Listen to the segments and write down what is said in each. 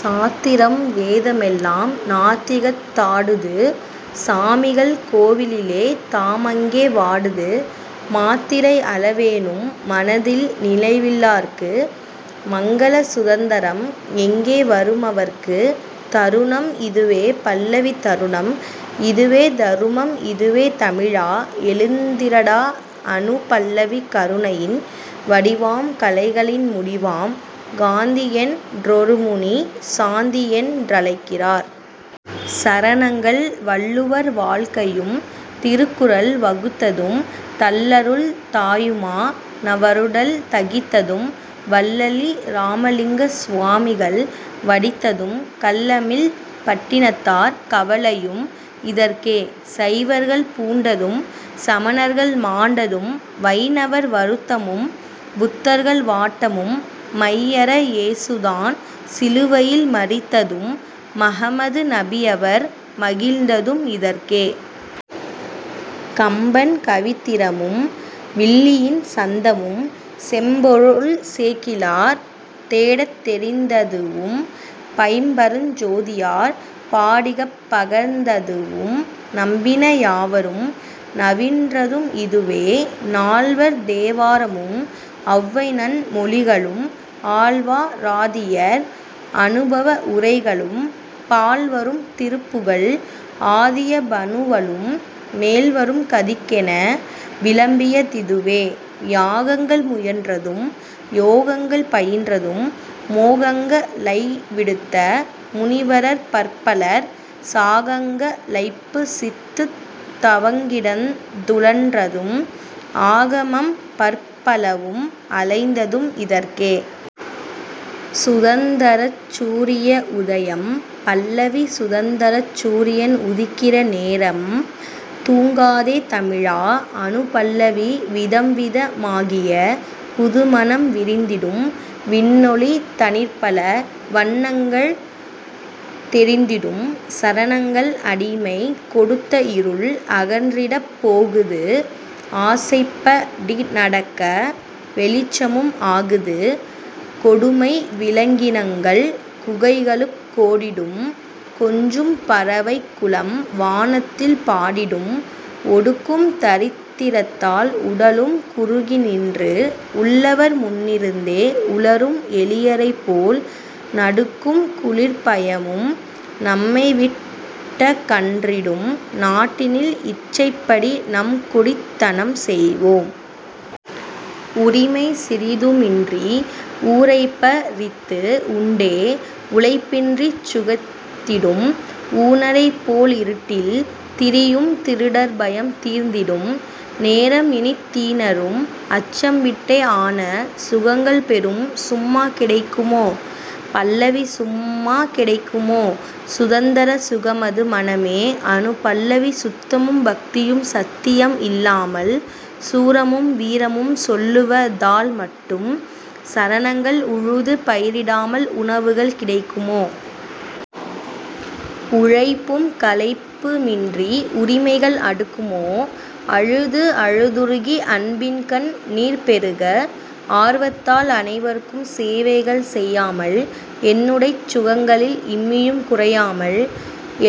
சாத்திரம் வேதமெல்லாம் நாத்திகத் தாடுது சாமிகள் கோவிலிலே தாமங்கே வாடுது மாத்திரை அளவேனும் மனதில் நினைவில்லார்க்கு மங்கள சுதந்தரம் எங்கே வருமவர்க்கு?. தருணம் இதுவே பல்லவி தருணம் இதுவே, தருமம் இதுவே, தமிழா! எழுந்திரடா. அநுபல்லவி கருணையின் வடிவாம் கலைகளின் முடிவாம் காந்தியென் றொருமுனி 'சாந்தி'யென் றழைக்கிறார். சரணங்கள் வள்ளுவர் வாழ்க்கையும் திருக்குறள் வகுத்ததும் தள்ளருள் தாயுமா னவருடல் தகித்ததும் வள்ளலி ராமலிங்க சுவாமிகள் வடித்ததும் கள்ளமில் பட்டினத்தார் கவலையும் இதற்கே. சைவர்கள் பூண்டதும் சமணர்கள் மாண்டதும் வைணவர் வருத்தமும் புத்தர்கள் வாட்டமும் மையற ஏசுதான் சிலுவையில் மரித்ததும் மஹம்மது நபியவர் மகிழ்ந்ததும் இதற்கே. கம்பன் கவித்திறமும் வில்லியின் சந்தமும் செம்பொருள் சேக்கிழார் தேடத் தெரிந்ததுவும் பைம்பரஞ் சோதியார் பாடிகப் பகர்ந்ததுவும் நம்பின யாவரும் நவின்றதும் இதுவே. நால்வர் தேவாரமும் ஔவைநன் மொழிகளும் ஆழ்வா ராதியர் அனுபவ உரைகளும் பால்வரும் திருப்புகழ் ஆதிய பனுவலும் மேல்வரும் கதிக்கென விளம்பிய திதுவே. யாகங்கள் முயன்றதும் யோகங்கள் பயின்றதும் மோகங்க ளைவிடுத்த முனிவரர் பற்பலர் சாகங்க ளைப்புசித்துத் தவங்கிடந் துழன்றதும் ஆகமம் பற்பலவும் அலைந்ததும் இதற்கே.. சுதந்தரச் சூரிய உதயம் பல்லவி சுதந்தரச் சூரியன் உதிக்கிற நேரம் தூங்காதே தமிழா! அநுபல்லவி விதம்வித மாகிய புதுமணம் விரிந்திடும் விண்ணொளி தனிற்பல வண்ணங்கள் தெரிந்திடும் சரணங்கள் அடிமை கொடுத்தஇருள் அகன்றிடப் போகுது ஆசைப்ப டிநடக்க வெளிச்சமும் ஆகுது கொடுமை விலங்கினங்கள் குகைகளுக் கோடிடும் கொஞ்சும் பறவைக்குலம் வானத்தில் பாடிடும் ஒடுக்கும் தரித்திரத்தால் உடலும் குறுகிநின்று உள்ளவர் முன்னிருந்தே உளறும் எளியரைப்போல் நடுக்கும் குளிர்ப்பயமும் நம்மைவிட்டகன்றிடும் நாட்டினில் இச்சைப்படி நம்குடித் தனம்செய்வோம். உரிமை சிறிதுமின்றி ஊரைப்ப றித்துஉண்டே உழைப்பின்றிச் சுகித்திடும் ஊனரைப் போல்இருட்டில் திரியும் திருடர்பயம் தீர்ந்திடும் நேரம்இனித் தீனரும் அச்சம்விட்டே ஆன சுகங்கள்பெறும்.. சும்மா கிடைக்குமோ? பல்லவி சும்மா கிடைக்குமோ சுதந்தர சுகமது--மனமே! அநுபல்லவி சுத்தமும் பக்தியும் சத்தியம் இல்லாமல் சூரமும் வீரமும் சொல்லுவ தால்மட்டும் சரணங்கள் உழுது பயிரிடாமல் உணவுகள் கிடைக்குமோ? உழைப்பும் களைப்புமின்றி உரிமைகள் அடுக்குமோ? அழுது அழுதுருகி அன்பின்கண் ணீர்பெருக ஆர்வத்தால் அனைவர்க்கும் சேவைகள் செய்யாமல். என்னுடைச் சுகங்களில் இம்மியும் குறையாமல்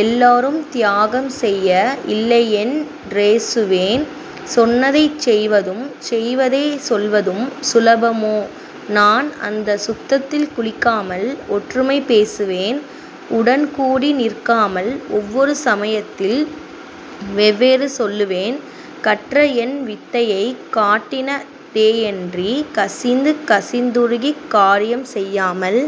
எல்லாரும் தியாகம்செய்ய இல்லையென் றேசுவேன் 'சொன்னதைச் செய்வதும் செய்வதே சொல்வதும்' சுலபமோ நான் அந்தச் சுத்தத்தில் குளிக்காமல். ஒற்றுமை பேசுவேன் உடன்கூடி நிற்காமல் ஒவ்வொரு சமயத்தில் வெவ்வேறு சொல்லுவேன் கற்றஎன் வித்தையை காட்டின தேயன்றிக் கசிந்து கசிந்துருகிக் காரியம் செய்யாமல்.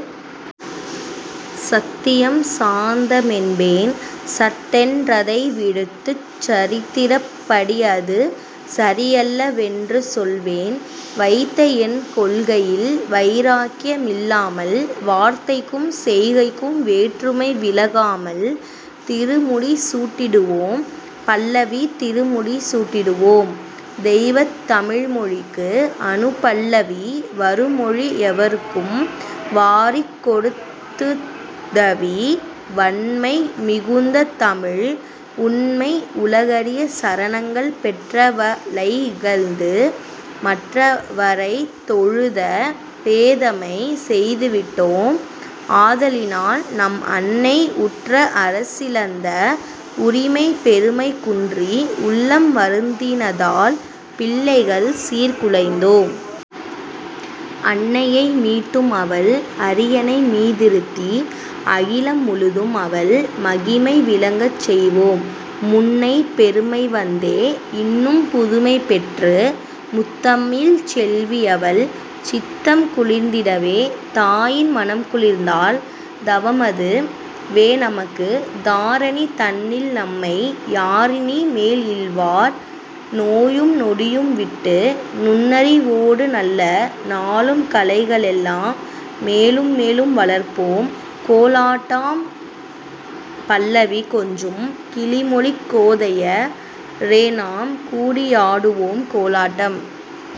சத்தியம் சாந்தமென்பேன் சட்டென் றதைவிடுத்துச் சரித்திரப் படிஅது சரியல்ல வென்றுசொல்வேன் வைத்தஎன் கொள்கையில் வைராக்ய மில்லாமல் வார்த்தைக்கும் செய்கைக்கும் வேற்றுமை விலகாமல். திருமுடி சூட்டிடுவோம் பல்லவி திருமுடி சூட்டிடுவோம்--தெய்வத் தழிழ்மொழிக்கு! அநுபல்லவி வருமொழி எவருக்கும் வாரிக் கொடுத்துதவி வண்மை மிகுந்ததமிழ் உண்மை உலகறிய சரணங்கள் பெற்றவ ளைஇகழ்ந்து மற்றவ ரைத்தொழுத பேதைமை செய்துவிட்டோம் ஆதலினால் நம்அன்னை உற்ற அரசிழந்தே உரிமை பெருமை குன்றி உள்ளம் வருந்தினதால் பிள்ளைகள் சீர்குலைந்தோம்! அன்னையை மீட்டும்அவள் அரியணை மீதிருத்தி அகிலம் முழுதும்அவள் மகிமை விளங்கச்செய்வோம்! முன்னைப் பெருமைவந்தே இன்னும் புதுமைபெற்று முத்தமிழ்ச் செல்வியவள் சித்தம் குளிர்ந்திடவே! தாயின் மனம்குளிர்ந்தால் தவம்அது வேநமக்கு தாரணி தன்னில்நம்மை யாரினி மேல்இழ்வார்? நோயும் நொடியும்விட்டு நுண்ணறி வோடுநல்ல நூலும் கலைகளெல்லாம் மேலும்மேலும் வளர்ப்போம்.. கோலாட்டாம் பல்லவி கொஞ்சும் கிளிமொழிக் கோதைய ரேநாம் கூடி யாடுவோம் கோலாட்டம்.